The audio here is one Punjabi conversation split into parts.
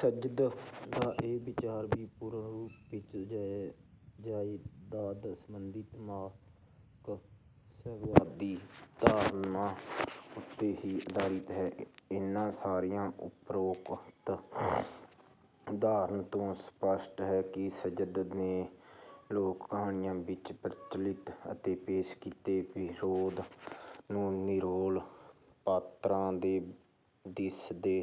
ਸੱਯਦ ਦਾ ਇਹ ਵਿਚਾਰ ਵੀ ਪੂਰਨ ਰੂਪ ਵਿੱਚ ਜਾਇਦਾਦ ਸੰਬੰਧੀ ਮਾਰਕਸਵਾਦੀ ਧਾਰਨਾ ਉੱਤੇ ਹੀ ਆਧਾਰਿਤ ਹੈ। ਇਨ੍ਹਾਂ ਸਾਰੀਆਂ ਉਪਰੋਕਤ ਉਦਾਹਰਣਾਂ ਤੋਂ ਸਪੱਸ਼ਟ ਹੈ ਕਿ ਸੱਯਦ ਨੇ ਲੋਕ-ਕਹਾਣੀ ਵਿੱਚ ਪ੍ਰਚਲਿਤ ਅਤੇ ਪੇਸ਼ ਕੀਤੇ ਵਿਰੋਧ ਨੂੰ ਨਿਰੋਲ ਪਾਤਰਾਂ ਦੇ ਦਿਸਦੇ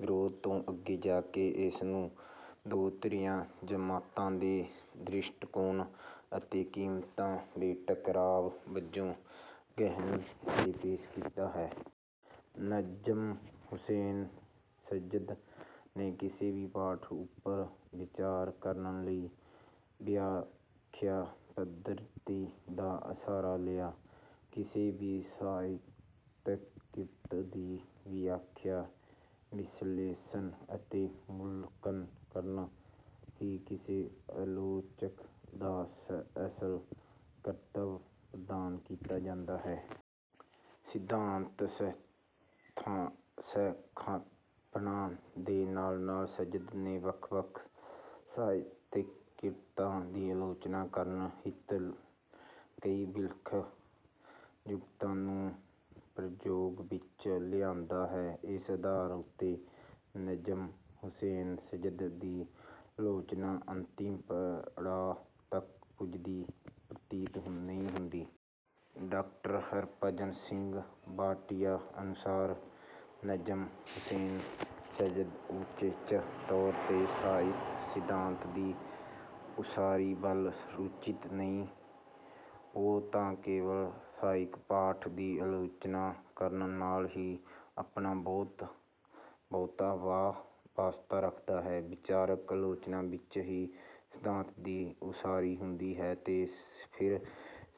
ਵਿਰੋਧ ਤੋਂ ਅੱਗੇ ਜਾ ਕੇ, ਇਸਨੂੰ ਦੋ ਵਿਰੋਧੀ ਜਮਾਤਾਂ ਦੇ ਦ੍ਰਿਸ਼ਟੀਕੋਣ ਅਤੇ ਕੀਮਤਾਂ ਦੇ ਟਕਰਾਅ ਵਜੋਂ ਗ੍ਰਹਿਣ ਅਤੇ ਪੇਸ਼ ਕੀਤਾ ਹੈ। ਨਜਮ ਹੁਸੈਨ ਸੱਯਦ ਨੇ ਕਿਸੇ ਵੀ ਪਾਠ ਉੱਪਰ ਵਿਚਾਰ ਕਰਨ ਲਈ ਵਿਆਖਿਆ ਪੱਧਤੀ ਦਾ ਆਸਰਾ ਲਿਆ ਹੈ। ਕਿਸੇ ਵੀ ਸਾਹਿਤਕ ਕਿਰਤ ਦੀ ਵਿਆਖਿਆ, ਵਿਸ਼ਲੇਸ਼ਣ ਅਤੇ ਮੁਲਾਂਕਣ ਕਰਨਾ ਹੀ ਕਿਸੇ ਆਲੋਚਕ ਦਾ ਅਸਲ ਕਰਤੱਵ ਪ੍ਰਵਾਨ ਕੀਤਾ ਜਾਂਦਾ ਹੈ। ਸਿਧਾਂਤ ਸਥਾਪਨਾ ਦੇ ਨਾਲ-ਨਾਲ ਸੱਯਦ ਨੇ ਵੱਖ-ਵੱਖ ਸਾਹਿਤਕ ਕਿਰਤਾਂ ਦੀ ਆਲੋਚਨਾ ਕਰਨ ਹਿਤ, ਕਈ ਵਿਲੱਖਣ ਜੁਗਤਾਂ ਨੂੰ ਪ੍ਰਯੋਗ ਵਿੱਚ ਲਿਆਂਦਾ ਹੈ। ਇਸ ਆਧਾਰ ਉੱਤੇ ਨਜਮ ਹੁਸੈਨ ਸੱਯਦ ਦੀ ਆਲੋਚਨਾ ਅੰਤਿਮ ਪੜਾਅ ਤੱਕ ਪੁੱਜਦੀ ਪ੍ਰਤੀਤ ਨਹੀਂ ਹੁੰਦੀ। ਡਾ. ਹਰਿਭਜਨ ਸਿੰਘ ਭਾਟੀਆ ਅਨੁਸਾਰ, "ਨਜਮ ਹੁਸੈਨ ਸੱਯਦ ਉਚੇਚੇ ਤੌਰ ਉੱਤੇ ਸਾਹਿਤ-ਸਿਧਾਂਤ ਦੀ ਉਸਾਰੀ ਵੱਲ ਰੁਚਿਤ ਨਹੀਂ, ਉਹ ਤਾਂ ਕੇਵਲ ਸਾਹਿਤ-ਪਾਠਾਂ ਦੀ ਆਲੋਚਨਾ ਕਰਨ ਨਾਲ ਹੀ ਆਪਣਾ ਬਹੁਤਾ ਵਾਹ-ਵਾਸਤਾ ਰੱਖਦਾ ਹੈ।" ਵਿਹਾਰਕ ਆਲੋਚਨਾ ਵਿੱਚੋਂ ਹੀ ਸਿਧਾਂਤ ਦੀ ਉਸਾਰੀ ਹੁੰਦੀ ਹੈ ਤੇ ਫਿਰ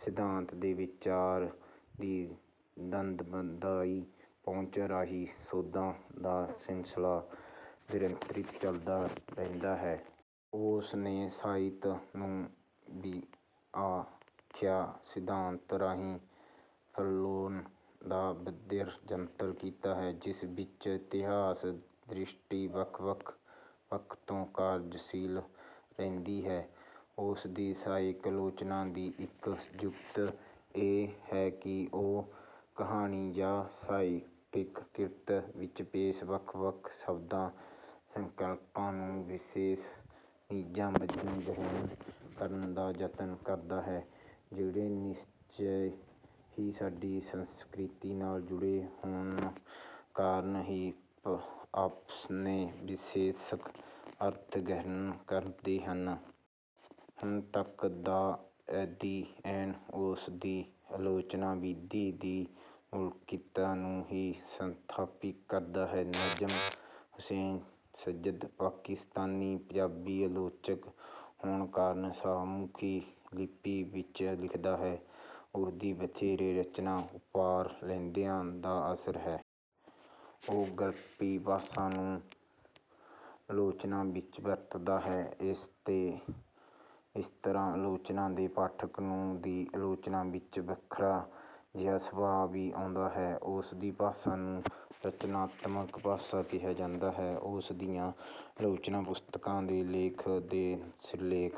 ਸਿਧਾਂਤ ਤੇ ਵਿਹਾਰ ਦੀ ਦਵੰਦਵਾਦੀ ਪਹੁੰਚ ਰਾਹੀਂ ਸੋਧ ਦਾ ਸਿਲਸਿਲਾ ਨਿਰੰਤਰ ਚਲਦਾ ਰਹਿੰਦਾ ਹੈ। ਉਸ ਨੇ ਸਾਹਿਤ ਨੂੰ ਵਿਆਖਿਆ ਸਿਧਾਂਤ ਰਾਹੀਂ ਫਰੋਲਣ ਦਾ ਵਧੇਰੇ ਯਤਨ ਕੀਤਾ ਹੈ ਜਿਸ ਵਿੱਚ ਇਤਿਹਾਸ ਦ੍ਰਿਸ਼ਟੀ ਵੱਖ-ਵੱਖ ਪੱਖ ਤੋਂ ਕਾਰਜਸ਼ੀਲ ਰਹਿੰਦੀ ਹੈ। ਉਸ ਦੀ ਸਾਹਿਤ ਆਲੋਚਨਾ ਦੀ ਇੱਕ ਜੁਗਤ ਇਹ ਹੈ ਕਿ ਉਹ ਕਹਾਣੀ ਜਾਂ ਸਾਹਿਤਕ ਕਿਰਤ ਵਿੱਚ ਪੇਸ਼ ਵੱਖ-ਵੱਖ ਸ਼ਬਦਾਂ, ਸੰਕਲਪਾਂ ਨੂੰ ਵਿਸ਼ੇਸ਼ ਚਿੰਨ੍ਹਾਂ ਵਜੋਂ ਗ੍ਰਹਿਣ ਕਰਨ ਦਾ ਯਤਨ ਕਰਦਾ ਹੈ, ਜਿਹੜੇ ਨਿਸ਼ਚੇ ਹੀ ਸਾਡੀ ਸੰਸਕ੍ਰਿਤੀ ਨਾਲ ਜੁੜੇ ਹੋਣ ਕਾਰਨ ਹੀ ਆਪਣੇ ਵਿਸ਼ੇਸ਼ ਅਰਥ ਗ੍ਰਹਿਣ ਕਰਦੇ ਹਨ। ਹੁਣ ਤੱਕ ਦਾ ਅਧਿਐਨ ਉਸਦੀ ਆਲੋਚਨਾ-ਵਿਧੀ ਦੀ ਮੌਲਿਕਤਾ ਨੂੰ ਹੀ ਸਥਾਪਿਤ ਕਰਦਾ ਹੈ। ਨਜਮ ਹੁਸੈਨ ਸੱਯਦ ਪਾਕਿਸਤਾਨੀ ਪੰਜਾਬੀ ਆਲੋਚਕ ਹੋਣ ਕਾਰਨ ਸ਼ਾਹਮੁਖੀ ਲਿਪੀ ਵਿੱਚ ਲਿਖਦਾ ਹੈ। ਉਸਦੀ ਵਧੇਰੇ ਰਚਨਾ ਉੱਪਰ ਲਹਿੰਦੀ ਦਾ ਅਸਰ ਹੈ। ਉਹ ਗਲਪੀ ਭਾਸ਼ਾ ਨੂੰ ਆਲੋਚਨਾ ਵਿੱਚ ਵਰਤਦਾ ਹੈ ਤੇ ਇਸ ਤਰ੍ਹਾਂ ਆਲੋਚਨਾ ਦੇ ਪਾਠਕ ਨੂੰ ਦੀ ਆਲੋਚਨਾ ਵਿੱਚੋਂ ਵੱਖਰਾ ਜਿਹਾ ਸੁਆਦ ਵੀ ਆਉਂਦਾ ਹੈ। ਉਸਦੀ ਭਾਸ਼ਾ ਨੂੰ 'ਰਚਨਾਤਮਕ ਭਾਸ਼ਾ' ਕਿਹਾ ਜਾ ਸਕਦਾ ਹੈ। ਉਸ ਦੀਆਂ ਆਲੋਚਨਾ ਪੁਸਤਕਾਂ ਦੇ ਲੇਖਾਂ ਦੇ ਸਿਰਲੇਖ